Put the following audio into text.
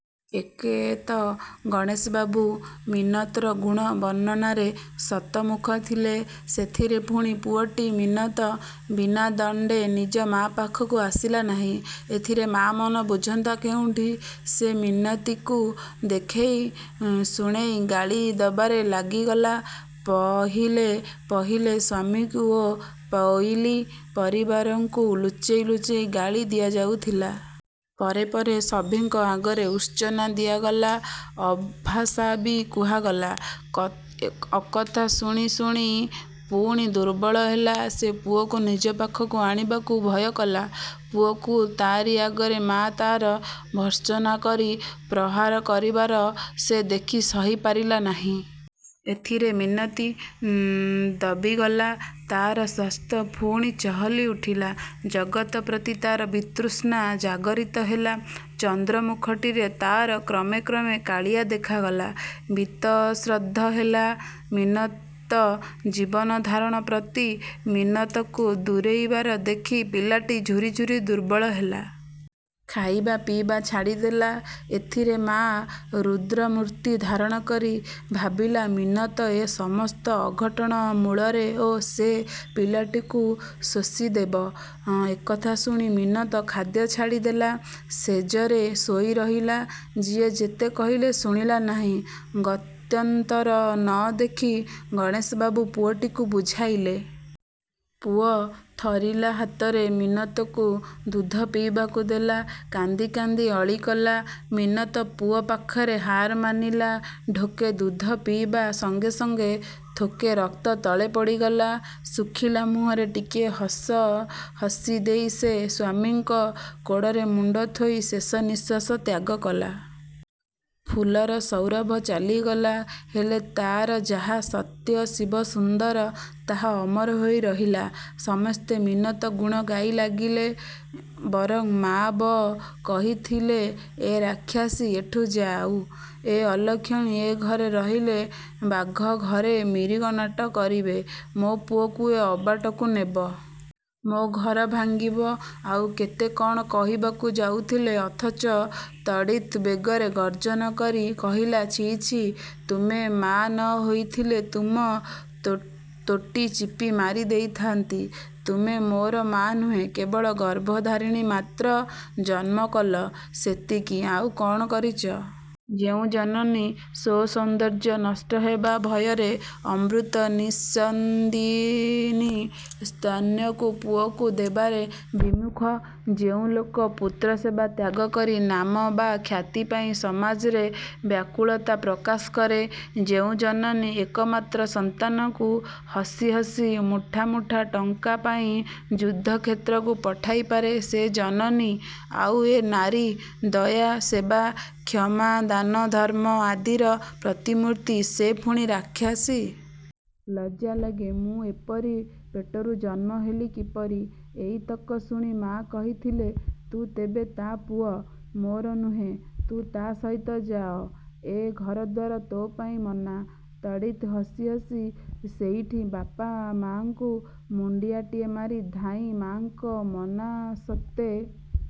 ଏକେତ ଗଣେଶ ବାବୁ ମିନତର ଗୁଣ ବର୍ଣ୍ଣନାରେ ଶତମୁଖ ଥିଲେ, ସେଥିରେ ପୁଣି ପୁଅଟି ମିନତ ବିନା ଦଣ୍ଡେ ନିଜ ମା' ପାଖକୁ ଆସିଲା ନାହିଁ। ଏଥିରେ ମା'ମନ ବୁଝନ୍ତା କେଉଁଠି। ସେ ମିନତିକୁ ଦେଖେଇ ଶୁଣେଇ ଗାଳି ଦବାରେ ଲାଗିଗଲା। ପହିଲେ ପହିଲେ ସ୍ୱାମୀଙ୍କୁ ଓ ପୋଇଲୀ ପରିବାରୀଙ୍କୁ ଲୁଚେଇ ଲୁଚେଇ ଗାଳି ଦିଆଯାଉଥିଲା। ପରେ ପରେ ସଭିଙ୍କ ଆଗରେ ଉର୍ତ୍ସନା ଦିଆଗଲା, ଅଭାଷା ବି କୁହାଗଲା। ଅକଥା ଶୁଣି ଶୁଣି ପୁଣି ଦୁର୍ବଳ ହେଲା। ସେ ପୁଅକୁ ନିଜ ପାଖକୁ ଆଣିବାକୁ ଭୟକଲା। ପୁଅକୁ ତାରି ଆଗରେ ମା' ତାର ଭର୍ତ୍ସନା କରି ପ୍ରହାର କରିବାର ସେ ଦେଖି ସହି ପାରିଲା ନାହିଁ। ଏଥିରେ ମିନତି ଦବିଗଲା। ତାର ସ୍ୱାସ୍ଥ୍ୟ ପୁଣି ଚହଲି ଉଠିଲା। ଜଗତ ପ୍ରତି ତାର ବିତୃଷ୍ଣା ଜାଗରିତ ହେଲା। ଚନ୍ଦ୍ର ମୁଖଟିରେ ତାର କ୍ରମେ କ୍ରମେ କାଳିଆ ଦେଖାଗଲା। ବିତଶ୍ରଦ୍ଧ ହେଲା ମିନତ ଜୀବନଧାରଣ ପ୍ରତି। ମିନତକୁ ଦୂରେଇବାର ଦେଖି ପିଲାଟି ଝୁରି ଝୁରି ଦୁର୍ବଳ ହେଲା। ଖାଇବା ପିଇବା ଛାଡ଼ିଦେଲା। ଏଥିରେ ମା' ରୁଦ୍ର ମୂର୍ତ୍ତି ଧାରଣା କରି ଭାବିଲା ମିନତ ଏ ସମସ୍ତ ଅଘଟଣ ମୂଳରେ ଓ ସେ ପିଲାଟିକୁ ଶୋଷିଦେବ। ଏକଥା ଶୁଣି ମିନତ ଖାଦ୍ୟ ଛାଡ଼ିଦେଲା। ଶେଯରେ ଶୋଇ ରହିଲା। ଯିଏ ଯେତେ କହିଲେ ଶୁଣିଲା ନାହିଁ। ଗତ୍ୟନ୍ତର ନ ଦେଖି ଗଣେଶବାବୁ ପୁଅଟିକୁ ବୁଝାଇଲେ। ପୁଅ ଥରିଲା ହାତରେ ମିନତକୁ ଦୁଧ ପିଇବାକୁ ଦେଲା। କାନ୍ଦି କାନ୍ଦି ଅଳି କଲା। ମିନତ ପୁଅ ପାଖରେ ହାର ମାନିଲା, ଢୋକେ ଦୁଧ ପିଇବା ସଙ୍ଗେ ସଙ୍ଗେ ଥୋକେ ରକ୍ତ ତଳେ ପଡ଼ିଗଲା। ଶୁଖିଲା ମୁହଁରେ ଟିକିଏ ହସ ହସି ଦେଇ ସେ ସ୍ୱାମୀଙ୍କ କୋଡ଼ରେ ମୁଣ୍ଡ ଥୋଇ ଶେଷ ନିଶ୍ୱାସ ତ୍ୟାଗ କଲା। ଫୁଲର ସୌରଭ ଚାଲିଗଲା। ହେଲେ ତାର ଯାହା ସତ୍ୟ-ଶିବ-ସୁନ୍ଦର ତାହା ଅମର ହୋଇ ରହିଲା। ସମସ୍ତେ ମିନତ ଗୁଣ ଗାଇ ଲାଗିଲେ। ବରଂ ମା'ବ କହିଥିଲେ-ଏ ରାକ୍ଷସୀ ଏଠୁ ଯାଉ। ଏ ଅଲକ୍ଷଣୀ ଏ ଘରେ ରହିଲେ ବାଘ ଘରେ ମିରିଗ ନାଟ କରିବେ, ମୋ ପୁଅକୁ ଏ ଅବାଟକୁ ନେବ। ମୋ ଘର ଭାଙ୍ଗିବ-ଆଉ କେତେ କଣ କହିବାକୁ ଯାଉଥିଲେ, ଅଥଚ ତଡ଼ିତ୍ ବେଗରେ ଗର୍ଜନ କରି କହିଲା-ଛି, ଛି, ତୁମେ ମାଆ ନ ହୋଇଥିଲେ ତୁମ ତୋଟି ଚିପି ମାରି ଦେଇଥାଆନ୍ତି। ତୁମେ ମୋର ମା' ନୁହଁ, କେବଳ ଗର୍ଭଧାରଣୀ ମାତ୍ର। ଜନ୍ମ କଲ, ସେତିକି, ଆଉ କ'ଣ କରିଚ? ଯେଉଁ ଜନନୀ ସ୍ୱସୌନ୍ଦର୍ଯ୍ୟ ନଷ୍ଟ ହେବା ଭୟରେ ଅମୃତ ନିଃସ୍ୟନ୍ଦିନୀ ସ୍ତନ୍ୟକୁ ପୁଅକୁ ଦେବାରେ ବିମୁଖ ଯେଉଁ ଲୋକ ପୁତ୍ରସେବା ତ୍ୟାଗ କରି ନାମ ବା ଖ୍ୟାତି ପାଇଁ ସମାଜରେ ବ୍ୟାକୁଳତା ପ୍ରକାଶ କରେ, ଯେଉଁ ଜନନୀ ଏକମାତ୍ର ସନ୍ତାନକୁ ହସି ହସି ମୁଠା ମୁଠା ଟଙ୍କା ପାଇଁ ଯୁଦ୍ଧକ୍ଷେତ୍ରକୁ ପଠାଇ ପାରେ ସେ ଜନନୀ-ଆଉ ଏ ନାରୀ, ଦୟା, ସେବା, କ୍ଷମା, ଦାନ, ଧର୍ମ ଆଦିର ପ୍ରତିମୂର୍ତ୍ତି, ସେ ପୁଣି ରାକ୍ଷସୀ? ଲଜ୍ଜା ଲାଗେ ମୁଁ ଏପରି ପେଟରୁ ଜନ୍ମ ହେଲି କିପରି? ଏଇତକ ଶୁଣି ମା କହିଥିଲେ-ତୁ ତେବେ ତା ପୁଅ, ମୋର ନୁହେଁ, ତୁ ତା ସହିତ ଯାଅ-। ଏ ଘରଦ୍ୱାର ତୋ ପାଇଁ ମନା। ତଡ଼ିତ୍ ହସି ହସି ସେଇଠି ବାପ ମା'ଙ୍କୁ ମୁଣ୍ଡିଆଟିଏ ମାରି ଧାଈ ମା'ଙ୍କ ମନା ସତ୍ତ୍ୱେ